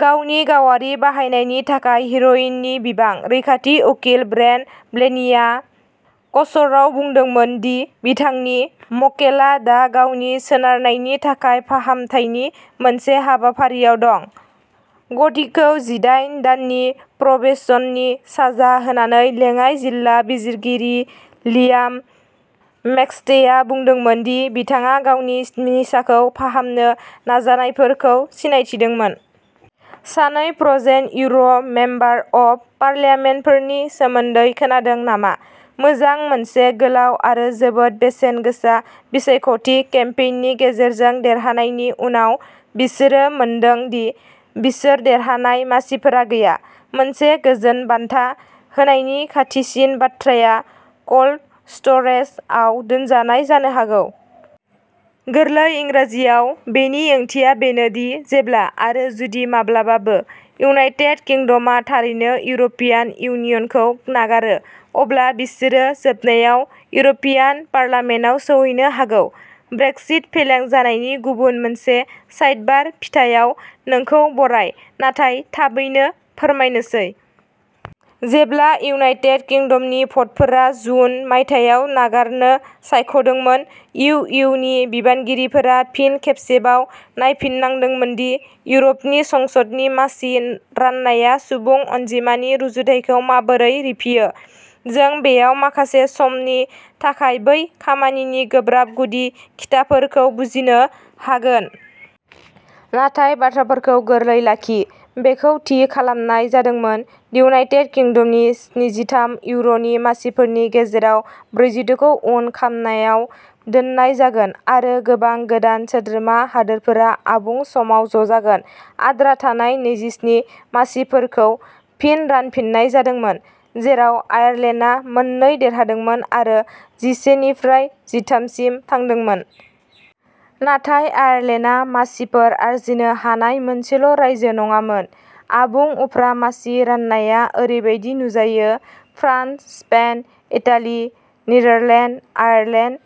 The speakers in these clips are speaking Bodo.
गावनि गावारि बाहायनायनि थाखाय हेर'इननि बिबां। रैखाथि उकिल ब्रेन्डन ब्लेनिया कच'र्टआव बुंदोंमोन दि बिथांनि मक्केलआ दा गावनि सोनारनायनि थाखाय फाहामथायनि मोनसे हाबाफारिआव दं। क'डीखौ जिदाइन दाननि प्रबेशननि साजा होनानै लेङाइ जिल्ला बिजिरगिरि लियाम मेकस्टेआ बुंदोंमोन दि बिथाङा गावनि निसाखौ फाहामनो नाजानायफोरखौ सिनायथिदोंमोन। सानै फ्र'जेन इउर' मेम्बार अब फार्लियामेन्टफोरनि सोमोन्दै खोनादों नामा? मोजां मोनसे गोलाव आरो जोबोद बेसेन गोसा बिसायख'थि केम्पेइननि गेजेरजों देरहानायनि उनाव बिसोरो मोनदों दि बिसोर देरहानाय मासिफोरा गैया। मोनसे गोजोन बान्था होनायनि खाथिसिन बाथ्राया "क'ल्ड स्ट'रेज" आव दोनजानाय जानो हागौ। गोरलै इंराजियाव, बेनि ओंथिया बेनो दि जेब्ला, आरो जुदि माब्लाबाबो, इउनाइटेड किंडमआ थारैनो इउर'पियान इउनियनखौ नागारो, अब्ला बिसोरो जोबनायाव इउर'पियान पार्लियामेन्टआव सौहैनो हागौ। ब्रेक्सिट फेलें जानायनि गुबुन मोनसे साइडबार फिथायाव नोंखौ बराय। नाथाय थाबैनो फोरमायनोसै। जेब्ला इउनाइटेट किंदमनि भटफोरा जुन मायथाइयाव नागारनो सायख'दोंमोन, इउ इउ नि बिबानगिरिफोरा फिन खेबसेबाव नायफिननांदोंमोनदि इउर'पनि संसदनि मासि राननाया सुबुं अनजिमानि रुजुथायखौ माबोरै रिफियो। जों बेयाव माखासे समनि थाखाय बै खामानिनि गोब्राब गुदि खिथाफोरखौ बुजिनो हागोन। नाथाय बाथ्राफोरखौ गोरलै लाखि। बेखौ थि खालामनाय जादोंमोन दिइउनाइटेट किंदमनि स्निजिथाम इउर'नि मासिफोरनि गेजेराव ब्रैजिद'खौ उन खामनायाव दोननाय जागोन आरो गोबां गोदान सोद्रोमा हादोरफोरा आबुं समाव ज'जागोन। आद्रा थानाय नैजिस्नि मासिफोरखौ फिन रानफिननाय जादोंमोन, जेराव आयारलेन्डआ मोननै देरहादोंमोन आरो जिसे निफ्राय जिथाम सिम थांदोंमोन। नाथाय आयारलेन्डआ मासिफोर आरजिनो हानाय मोनसेल' रायजो नङामोन। आबुं उफ्रा मासि राननाया ओरैबायदि नुजायो France, Spain, Italy, Netherland, Ireland,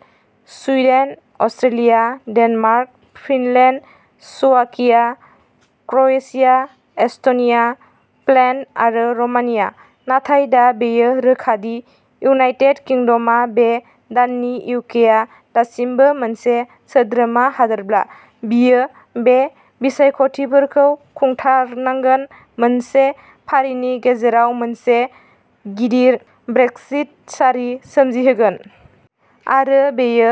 Sweden, Austria, Denmark, Finland, Slovakia, Croatia, Estonia, Poland आरो र'मानिया। नाथाय दा बेयो रोखा दि इइउनाइटेट किंदमआ मे दाननि इउकेआ दासिमबो मोनसे सोद्रोमा हादोरब्ला, बियो बे बिसायख'थिफोरखौ खुंथारनांगोन, मोनसे फारिनि गेजेराव मोनसे गिदिर ब्रेक्सिट सारि सोमजिहोगोन। आरो बेयो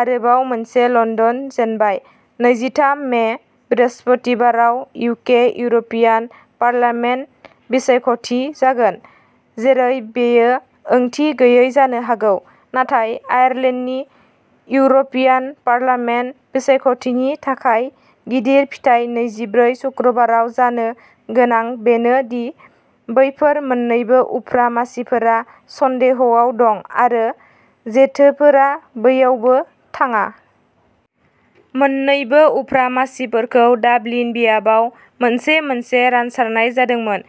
आरोबाव मोनसे लण्डन जेनबाय नैजिथाम मे बृहस्पतिबाराव इउके इउर'पियान पार्लियामेन्ट बिसायख'थि जागोन, जेरै बेयो ओंथि गैयै जानो हागौ। नाथाय आयारलेन्डनि इउर'पियान पार्लियामेन्ट बिसायख'थिनि थाखाय गिदिर फिथाय नैजिब्रै सुक्रुबाराव जानो गोनां बेनो दि बैफोर मोन्नैबो उफ्रा मासिफोरा सन्देहआव दं आरो जेथोफोरा बैयावबो थाङा। मोन्नैबो उफ्रा मासिफोरखौ डाबलिन बियाबाव मोनसे-मोनसे रानसारनाय जादोंमोन,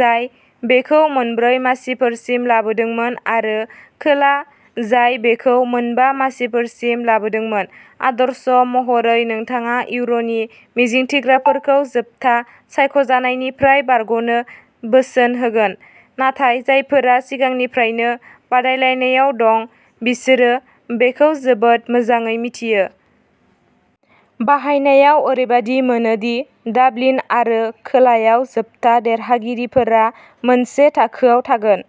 जाय बेखौ मोनब्रै मासिफोरसिम लाबोदोंमोन आरो खोला, जाय बेखौ मोनबा मासिफोरसिम लाबोदोंमोन। आदर्श महरै नोंथाङा इउर'नि मिजिंथिग्राफोरखौ जोबथा सायख'जानायनिफ्राय बारग'नो बोसोन होगोन। नाथाय जायफोरा सिगांनिफ्रायनो बादायलायनायाव दं, बिसोरो बेखौ जोबोद मोजाङै मिथियो। बाहायनायाव ओरैबादि मोनो दि डाबलिन आरो खोलायाव जोबथा देरहागिरिफोरा मोनसे थाखोआव थागोन।